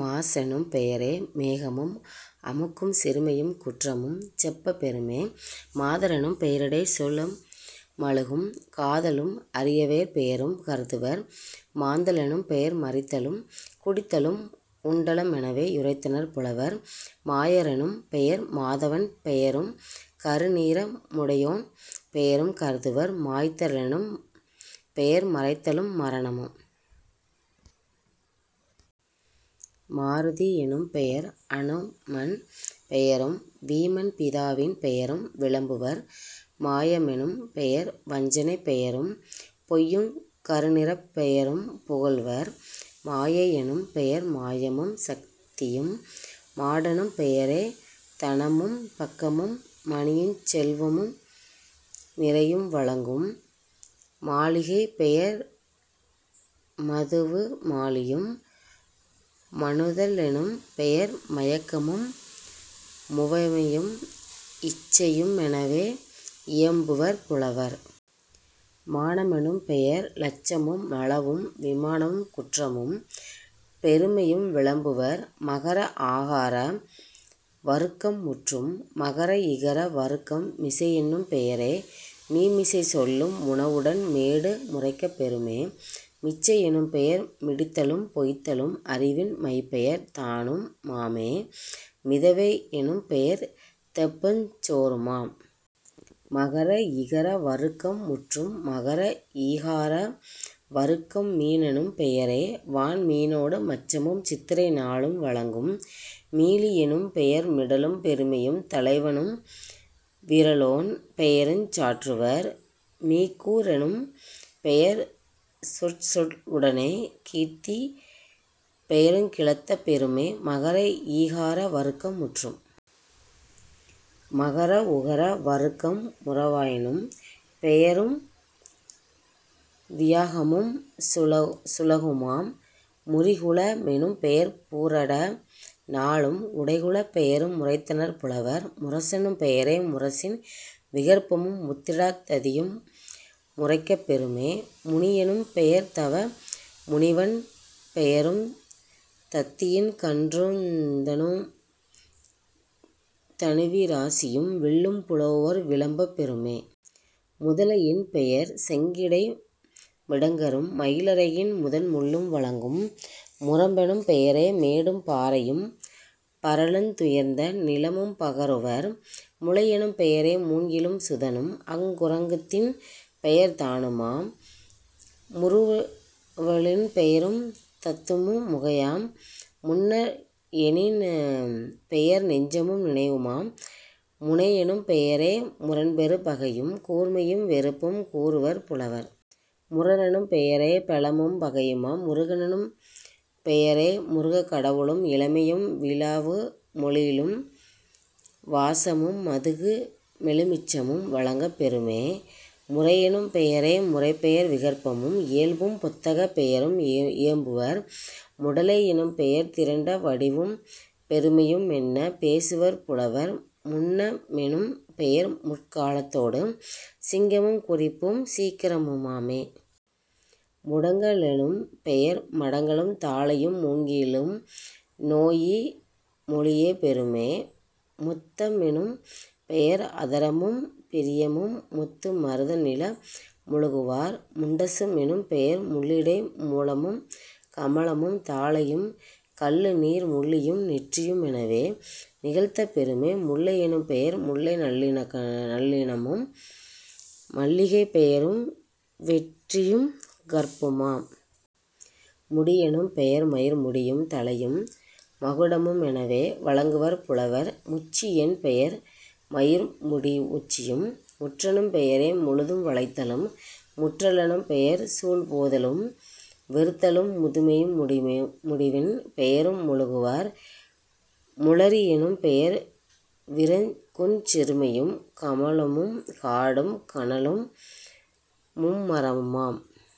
மாசெனும் பெயரே மேகமும் அழுக்கும் சிறுமையுங் குற்றமும் செப்பப் பெறுமே..... மாத ரெனும்பெய ரிடைச்சொலு மழகும் காதலும் அரிவையர் பெயரும் கருதுவர்..... மாந்த லெனும்பெயர் மரித்தலும் குடித்தலும் உண்டலு மெனவே யுரைத்தனர் புலவர்..... மாய னெனும்பெயர் மாதவன் பெயரும் கருநிற முடையோன் பெயரும் கருதுவர்..... மாய்த லெனும்பெயர் மறைதலும் மரணமும்..... மாருதி யெனும்பெயர் அநுமன் பெயரும் வீமன் பிதாவின் பெயரும் விளம்புவர்..... மாய மெனும்பெயர் வஞ்சனைப் பெயரும் பொய்யுங் கருநிறப் பெயரும் புகலுவர்..... மாயை யெனும்பெயர் மாயமும் சத்தியும்..... மாடெனும் பெயரே தனமும் பக்கமும் மணியுஞ் செல்வமு நிரையும் வழங்கும்..... மாலிகை யெனும்பெயர் மதுவு மாலியும்..... மனுதல் பெயர் மயக்கமு முவமையும் இச்சையும் மெனவே இயம்புவர் புலவர்..... மான மெனும்பெயர் லச்சையு மளவும் விமானமுங் குற்றமும் பெருமையும் விளம்புவர்..... மகர ஆகார வருக்கம் முற்றும். மகர இகர வருக்கம் மிசையெனும் பெயரே மீமிசைச் சொல்லும் உணவுடன் மேடு முரைக்கப் பெறுமே..... மிச்சை யெனும்பெயர் மிடித்தலும் பொய்த்தலும் அறிவின் மைப்பெயர் தானு மாமே.....। மிதவை யெனும்பெயர் தெப்பமுஞ் சோறுமாம்..... மகர இகர வருக்கம் முற்றும். மகர ஈகார வருக்கம் மீனெனும் பெயரே வான்மீ னோடு மச்சமும் சித்திரை நாளும் வழங்கும்..... மீளி யெனும்பெயர் மிடலும் பெருமையும் தலைவனும் விறலோன் பெயருஞ் சாற்றுவர்..... மீக்கூ றெனும்பெயர் சொற்செல வுடனே கீர்த்திப் பெயருங் கிளத்தப் பெறுமே..... மகர ஈகார வருக்கம் முற்றும். மகர உகர வருக்கம் முறமெனும் பெயரே வியாகமுஞ் சுளகுமாம்..... முறிகுள மெனும்பெயர் பூராட நாளும் உடைகுளப் பெயரு முரைத்தனர் புலவர்..... முரசெனும் பெயரே முரசின் விகற்பமும் உத்திரட் டாதியு முரைக்கப் பெறுமே..... முனியெனும் பெயர்தவ முனிவன் பெயரும் தந்தியின் கன்றுந் தனுவி ராசியும் வில்லும் புலவோர் விளம்பப் பெறுமே..... முதலை யென்பெயர் செங்கிடையு மிடங்கரும் மயிலிறகின் முதன் முள்ளும் வழங்கும்..... முரம்பெனும் பெயரே மேடும் பாறையும் பரலடுத் துயர்ந்த நிலமும் பகருவர்..... முளையெனும் பெயரே மூங்கிலும் சுதனும் அங்குரத் தின்பெயர் தானு மாமே..... முறுவ லெனும்பெயர் தந்தமு முகையுமாம்..... முன்ன லெனும்பெயர் நெஞ்சமு நினைவுமாம்..... முனையெனும் பெயரே முரண்பெறு பகையும் கூர்மையும் வெறுப்பும் கூறுவர் புலவர்..... முரணெனும் பெயரே பெலமும் பகையுமாம்..... முருகெனும் பெயரே முருகக் கடவுளும் இளமையும் விழாவு மெழிலும் வாசமும் மதுவு மெலுமிச்சும் வழங்கப் பெறுமே..... முறையெனும் பெயரே முறைப்பெயர் விகற்பமும் இயல்பும் பொத்தகப் பெயரும் இயம்புவர்..... முடலை யெனும்பெயர் திரண்ட வடிவும் பெருமையு மென்னப் பேசுவர் புலவர்..... முன்ன மெனும்பெயர் முற்கா லத்தொடு சிங்கமும் குறிப்பும் சீக்கிரமு மாமே..... முடங்க லெனும்பெயர் மடங்கலுந் தாழையும் மூங்கிலு நோயு மொழியப் பெறுமே..... முத்த மெனும்பெயர் அதரமும் பிரியமும் முத்து மருத நிலமு மொழிகுவர்..... முண்டசு மெனும்பெயர் முள்ளுடை மூலமும் கமலமும் தாழையும் கள்ளுநீர் முள்ளியும் நெற்றியு மெனவே நிகழ்த்தப் பெறுமே..... முல்லை யெனும்பெயர் முல்லை நன்னிலமும் மல்லிகைப் பெயரும் வெற்றியுங் கற்புமாம்..... முடியெனும் பெயர்மயிர் முடியும் தலையும் மகுடமு மெனவே வழங்குவர் புலவர்..... முச்சி யென்பெயர் மயிர்முடியு முச்சியும்..... முற்றெனும் பெயரே முழுதும் வளைத்தலும்..... முற்ற லெனும்பெயர் சூழ்போதலும் வெறுத்தலும் முதுமையு முடிவின் பெயரு மொழிகுவர்..... முளரி யெனும்பெயர் விறகுஞ் சிறுமையும் கமலமும் காடும் கனலும் முண்மரமும்மாம்....